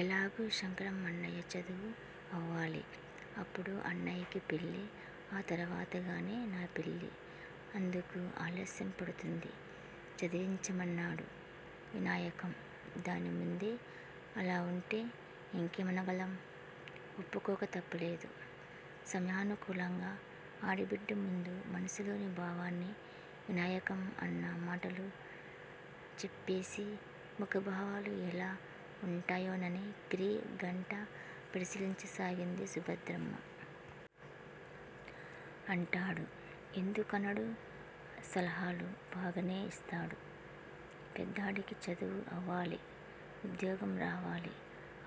ఎలాగూ శంకరం అన్నయ్య చదువు అవ్వాలి! అప్పుడు అన్నయ్యకి పెళ్ళి ఆ తరువాతనేగా నా పెళ్ళి! అందుకు ఆలస్యంపడుతుంది చదివించమన్నాడు వినాయకం! దానిముందే అలా అంటే యింకేమనగలం? వప్పుకోక తప్పలేదు! సమయానుకూలంగా ఆడబిడ్డముందు మనసులోని భావాన్ని వినాయకం అన్న మాటలూ చెప్పేసి ముఖభావాలు ఎలా వుంటాయోనని క్రీ గంట పరిశీలించసాగింది సుభద్రమ్మ. అంటాడు! ఎందుకు అనడు? సలహాలు బాగానే ఇస్తాడు. పెద్దాడికి చదువు అవ్వాలి! ఉద్యోగం రావాలి!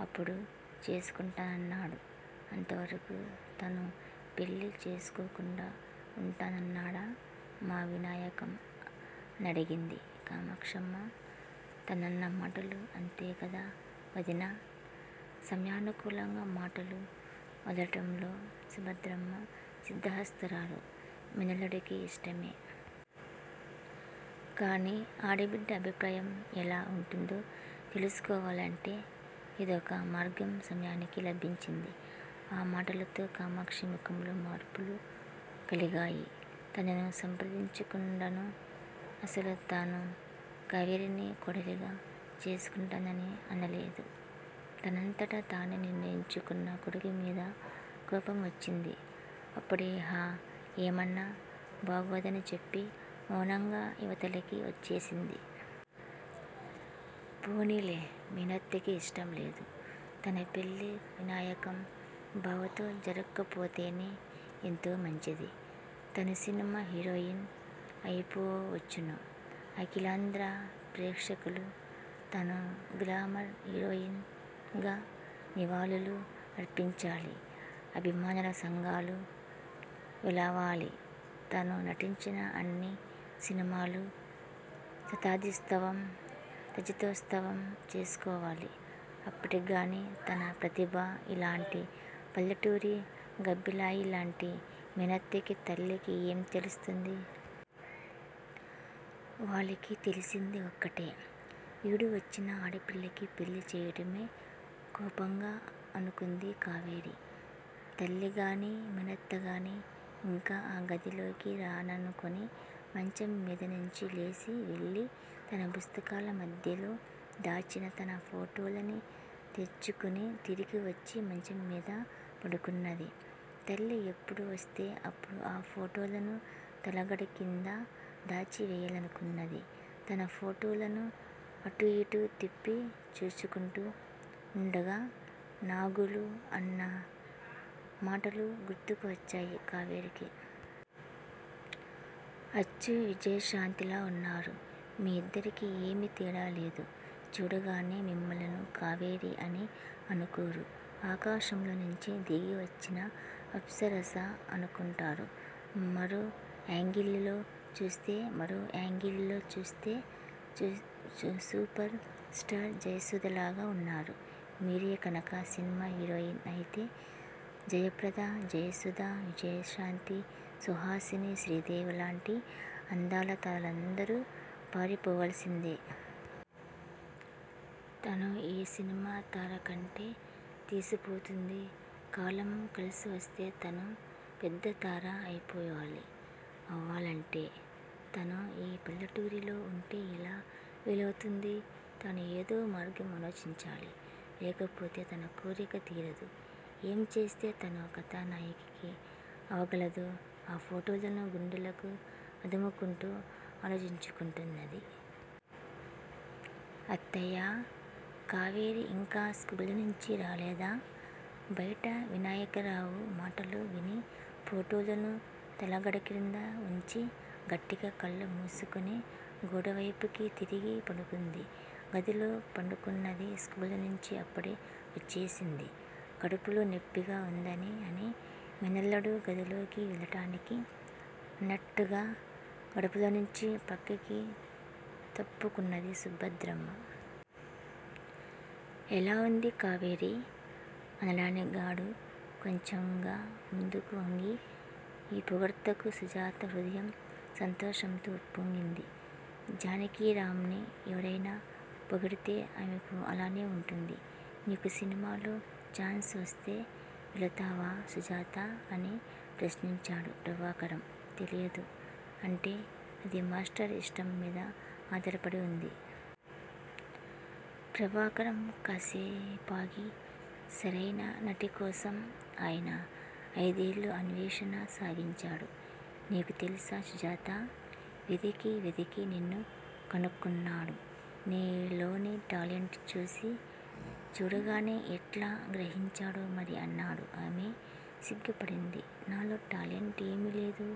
అప్పుడు చేసుకుంటానన్నాడు అంతవరకూ తను పెళ్ళి చేసుకోకుండా వుంటానన్నాడా మా వినాయకం! అనడిగింది కామాక్షమ్మ. తనన్న మాటలు అంతేకదా వదినా! సమయానుకూలంగా మాటలు వదలటంలో సుభద్రమ్మ సిద్దహస్తురాలు! మేనల్లుడికి యిష్టమే! కాని ఆడబిడ్డ అభిప్రాయం ఎలా వుంటుందో తెలుసుకోవాలంటే యిదొక మార్గం సమయానికి లభించింది! ఆ మాటలతో కామాక్షి ముఖంలో మార్పులు కలిగాయి తనను సంప్రదించకుండాను అసలు తను కావేరిని కోడలిగా చేసుకుంటానని అనలేదు! తనంతట తానే నిర్ణయించుకున్న కొడుకుమీద కోపం వచ్చింది అప్పుడిహ ఏమన్నా బాగోదని చెప్పి మౌనంగా యివతలకి వచ్చేసింది. పోనీలే! మేనత్తకి యిష్టంలేదు! తన పెళ్ళి వినాయకం బావతో జరక్కపోతేనే ఎంతోమంచిది! తను సినిమా హీరోయిన్ అయిపోవచ్చును! అఖిలాంధ్ర ప్రేక్షకులు తను గ్లామర్ హీరోయిన్ గా నివాళులు అర్పించాలి! అభిమానసంఘాలు వెలవాలి! తను నటించిన అన్ని సినిమాలూ శతదినోత్సవం, రజితోత్సవం చేసుకోవాలి! అప్పటికిగాని తన ప్రతిభ యిలాంటి పల్లెటూరి గబ్బిలాయిలాంటి మేనత్తకి తల్లికి ఏం తెలుస్తుంది? వాళ్ళకి తెలిసింది ఒక్కటే! ఈడు వచ్చిన ఆడపిల్లకి పెళ్ళి చేయటమే! కోపంగా అనుకుంది కావేరి! తల్లిగాని, మేనత్తగాని యింక ఆ గదిలోకి రారనుకుని మంచం మీదనుంచి లేచి వెళ్ళి తన పుస్తకాల మధ్యలో దాచిన తన ఫోటోలని తెచ్చుకుని తిరిగివచ్చి మంచంమీద పడుకున్నది. తల్లి ఎప్పుడు వస్తే అప్పుడు ఆ ఫోటోలను తలగడక్రింద దాచి వేయాలనుకున్నది తన ఫోటోలను అటుయిటు తిప్పి చూసుకుంటూ వుండగా నాగులు అన్న మాటలు గుర్తుకు వచ్చాయి కావేరికి! అచ్చు విజయశాంతిలా వున్నారు మీ యిద్దరికీ ఏమీ తేడా లేదు! చూడగానే మిమ్ములను కావేరి అని అనుకోరు! ఆకాశంలో నుంచి దిగి వచ్చిన అప్సరస అనుకుంటారు! మరో యాంగిల్ లో చూస్తే మరో యాంగిల్ లో చూస్తే సూపర్ స్టార్ జయసుధలాగా వున్నారు. మీరే కనుక సినిమా హీరోయిన్ అయితే జయప్రద-జయసుధ, విజయశాంతి, సుహాసిని, శ్రీదేవి లాంటి అందాలతారలందరూ పారిపోవలసిందే! తను ఏ సినిమాతారకంటే తీసిపోతుంది? కాలం కలిసివస్తే తను పెద్దతార అయిపోవాలి! అవ్వాలంటే తను ఈ పల్లెటూరిలో వుంటే ఎలా వీలవుతుంది? తను ఏదో మార్గం ఆలోచించాలి! లేకపోతే తన కోరిక తీరదు! ఏం చేస్తే తను కథానాయకి అవగలదు? ఆ ఫోటోలను గుండెలకు అదుముకుంటూ ఆలోచించుకుంటున్నది! అత్తయ్యా! కావేరి యింకా స్కూలునుంచి రాలేదా? బైట వినాయకరావు మాటలు విని ఫోటోలను తలగడక్రింద వుంచి గట్టిగా కళ్ళు మూసుకుని గోడవైపుకి తిరిగి పడుకుంది. గదిలో పడుకున్నది. స్కూలునుంచి అప్పుడే వచ్చేసింది కడుపులో నెప్పిగా వుందని! అని మేనల్లుడు గదిలోకి వెళ్ళటానికి అన్నట్లుగా గడపలోనుంచి పక్కకి తప్పుకున్నది సుభద్రమ్మ. ఎలావుంది కావేరీ! అనడిగాడు కొంచెంగా ముందుకు వంగి. ఈ పొగడ్తకు సుజాత హృదయం సంతోషంతో ఉప్పొంగింది. జానకిరాంని ఎవరైనా పొగిడితే ఆమెకు అలానే వుంటుంది. నీకు సినిమాలో చాన్స్ వస్తే వెళతావా సుజాతా? అని ప్రశ్నించాడు ప్రభాకరం. తెలియదు. అంటే? అది మాష్టర్ యిష్టంమీద ఆధారపడి వుంది. ప్రభాకరం కాస్సేపాగి సరియైన నటికోసం ఆయన అయిదేళ్ళు అన్వేషణ సాగించాడు. నీకు తెలుసా సుజాతా? వెదికి వెదికి నిన్ను కనుక్కున్నాడు. నీ లోని టాలెంట్ ని చూసీ చూడగానే ఎట్లా గ్రహించాడో మరి అన్నాడు. ఆమె సిగ్గుపడింది నాలో టాలెంట్ ఏమీలేదు.